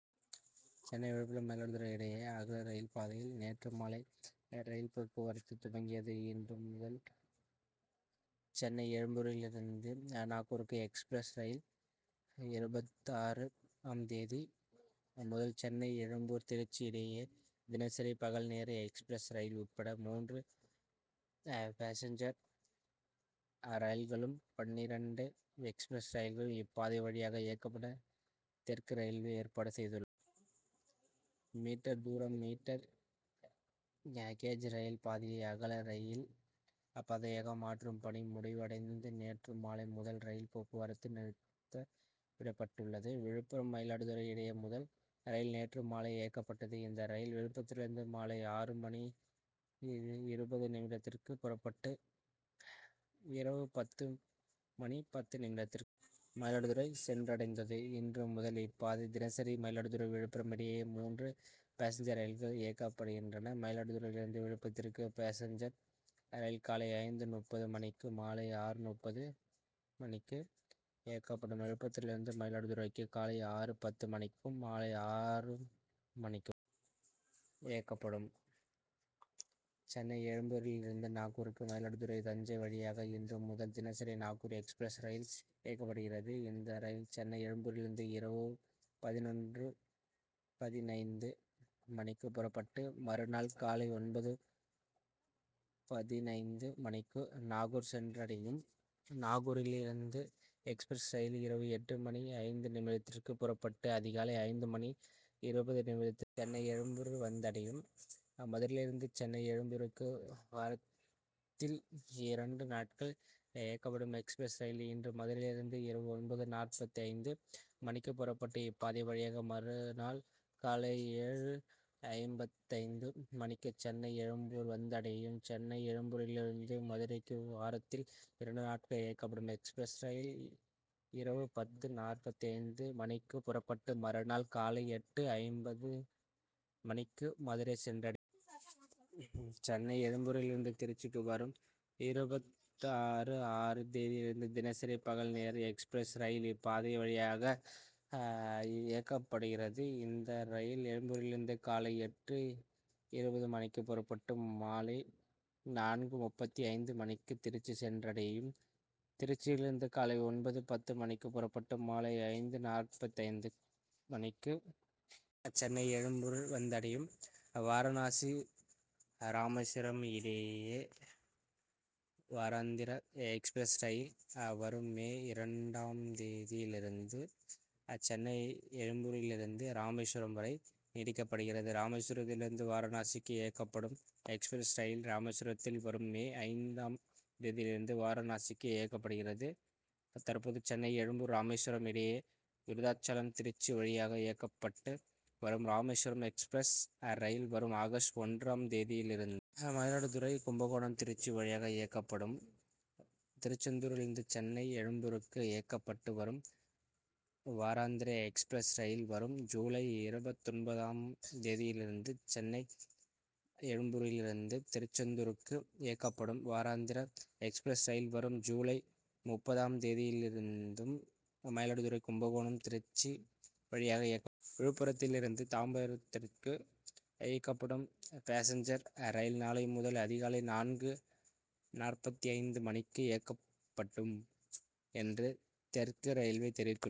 சென்னை விழுப்புரம் மயிலாடுதுறை இடையே அகல ரயில் பாதையில் நேற்று மாலை முதல் ரயில் போக்குவரத்து துவங்கியது. இன்று முதல் சென்னை எழும்பூரிலிருந்து நாகூருக்கு எக்ஸ்பிரஸ் ரயிலும் இருபத்தாறு ஆம் தேதி முதல் சென்னை எழும்பூர் திருச்சி இடையே தினசரி பகல் நேர எக்ஸ்பிரஸ் ரயில் உட்பட மூன்று பாசஞ்சர் ரயில்களும் பன்னிரண்டு எக்ஸ்பிரஸ் ரயில்களும் இப்பாதை வழியாக இயக்கப்பட தெற்கு ரயில்வே ஏற்பாடு செய்துள்ளது. மீ. தூரம் மீட்டர் கேஜ் ரயில் பாதையை அகல ரயில் பாதையாக மாற்றும் பணி முடிவடைந்து நேற்று மாலை முதல் ரயில் போக்குவரத்துக்கு திறந்து விடப்பட்டுள்ளது. விழுப்புரம் மயிலாடுதுறை இடையே முதல் ரயில் நேற்று மாலை இயக்கப்பட்டது. இந்த ரயில் விழுப்புரத்திலிருந்து மாலைஆறு மணி இருபது நிமிடத்திற்கு புறப்பட்டு இரவு பத்து மணி பத்து நிமிடத்திற்கு. மயிலாடுதுறை சென்றடைந்தது. இன்று முதல் இப்பாதையில் தினசரி மயிலாடுதுறை விழுப்புரம் இடையே மூன்று பாசஞ்சர் ரயில்கள் இயக்கப்படுகின்றன. மயிலாடுதுறையிலிருந்து விழுப்புரத்திற்கு பாசஞ்சர் ரயில் காலை ஐந்து முப்பது மணிக்கு, மாலை ஆறு மணிக்கு. இயக்கப்படும். விழுப்புரத்திலிருந்து மயிலாடுதுறைக்கு காலை ஆறு பத்து மணிக்கும், மாலை ஆறு மணிக்கும். இயக்கப்படும். சென்னை எழும்பூரிலிருந்து நாகூருக்கு மயிலாடுதுறை தஞ்சை வழியாக இன்று முதல் தினசரி நாகூர் எக்ஸ்பிரஸ் ரயில் இயக்கப்படுகிறது. இந்த ரயில் சென்னை எழும்பூரிலிருந்து இரவு பதினொன்று பதினைந்து மணிக்கு புறப்பட்டு, மறுநாள் காலை ஒன்பது பதினைந்து மணிக்கு. நாகூர் சென்றடையும். நாகூரிலிருந்து நாளை முதல் இயக்கப்படும் எக்ஸ்பிரஸ் ரயில் இரவு எட்டு மணி ஐந்து நிமிடத்திற்கு புறப்பட்டு, அதிகாலை ஐந்து மணி இருபது நிமிடத்திற்கு. சென்னை எழும்பூர் வந்தடையும். மதுரையிலிருந்து சென்னை எழும்பூருக்கு வாரத்தில் இரண்டு நாட்கள் இயக்கப்படும் எக்ஸ்பிரஸ் ரயில் இன்று மதுரையிலிருந்து இரவு ஒன்பது நாற்பத்தைந்து மணிக்கு புறப்பட்டு, இப்பாதை வழியாக மறுநாள் காலை ஏழு ஐம்பத்தைந்து மணிக்கு. சென்னை எழும்பூர் வந்தடையும். சென்னை எழும்பூரிலிருந்து மதுரைக்கு வாரத்தில் இரண்டு நாட்கள் இயக்கப்படும் எக்ஸ்பிரஸ் ரயில் இரவு பத்து நாற்பத்தைந்து மணிக்கு புறப்பட்டு, மறுநாள் காலை எட்டு ஐம்பது மணிக்கு மதுரை சென்றடையும். சென்னை எழும்பூரிலிருந்து திருச்சிக்கு வரும் இருபத்தாறு ஆம் தேதியிலிருந்து. தினசரி பகல் நேர எக்ஸ்பிரஸ் ரயில் இப்பாதை வழியாக இயக்கப்படுகிறது. இந்த ரயில் எழும்பூரிலிருந்து காலை எட்டு இருபது மணிக்கு புறப்பட்டு, மாலை நான்கு முப்பத்தைந்து மணிக்கு. திருச்சி சென்றடையும். திருச்சியிலிருந்து காலை ஒன்பது பத்து மணிக்கு புறப்பட்டு, மாலை ஐந்து நாற்பத்தைந்து மணிக்கு. சென்னை எழும்பூர் வந்தடையும். வாரணாசி ராமேஸ்வரம் இடையே வாராந்திர எக்ஸ்பிரஸ் ரயில் வரும் மே இரண்டு ஆம் தேதியிலிருந்து. சென்னை எழும்பூரிலிருந்து ராமேஸ்வரம் வரை நீட்டிக்கப்படுகிறது. ராமேஸ்வரத்திலிருந்து வாரணாசிக்கு இயக்கப்படும் எக்ஸ்பிரஸ் ரயில் ராமேஸ்வரத்தில் வரும் மே ஐந்து ஆம் தேதியிலிருந்து. வாரணாசிக்கு இயக்கப்படுகிறது. தற்போது சென்னை எழும்பூர் ராமேஸ்வரம் இடையே விருத்தாசலம் திருச்சி வழியாக இயக்கப்பட்டு வரும் ராமேஸ்வரம் எக்ஸ்பிரஸ் ரயில்கள் வரும் ஆகஸ்ட் ஒன்று ஆம்.தேதியிலிருந்து மயிலாடுதுறை கும்பகோணம் திருச்சி வழியாக இயக்கப்படும். திருச்செந்தூரிலிருந்து சென்னை எழும்பூருக்கு இயக்கப்பட்டு வரும் வாராந்திர எக்ஸ்பிரஸ் ரயில் வரும் ஜூலை இருபத்தொன்பது ஆம் தேதியிலிருந்தும் சென்னை எழும்பூரிலிருந்து திருச்செந்தூருக்கு இயக்கப்படும் வாராந்திர எக்ஸ்பிரஸ் ரயில் வரும் ஜூலை முப்பது ஆம் தேதியிலிருந்தும் மயிலாடுதுறை கும்பகோணம் திருச்சி வழியாக இயக்கப்படும். விழுப்புரத்திலிருந்து தாம்பரத்திற்கு இயக்கப்படும் பாசஞ்சர் ரயில் நாளை முதல் அதிகாலை நான்கு நாற்பத்தைந்து மணிக்கு இயக்கப்படும் என்றும் தெற்கு ரயில்வே தெரிவித்துள்ளது.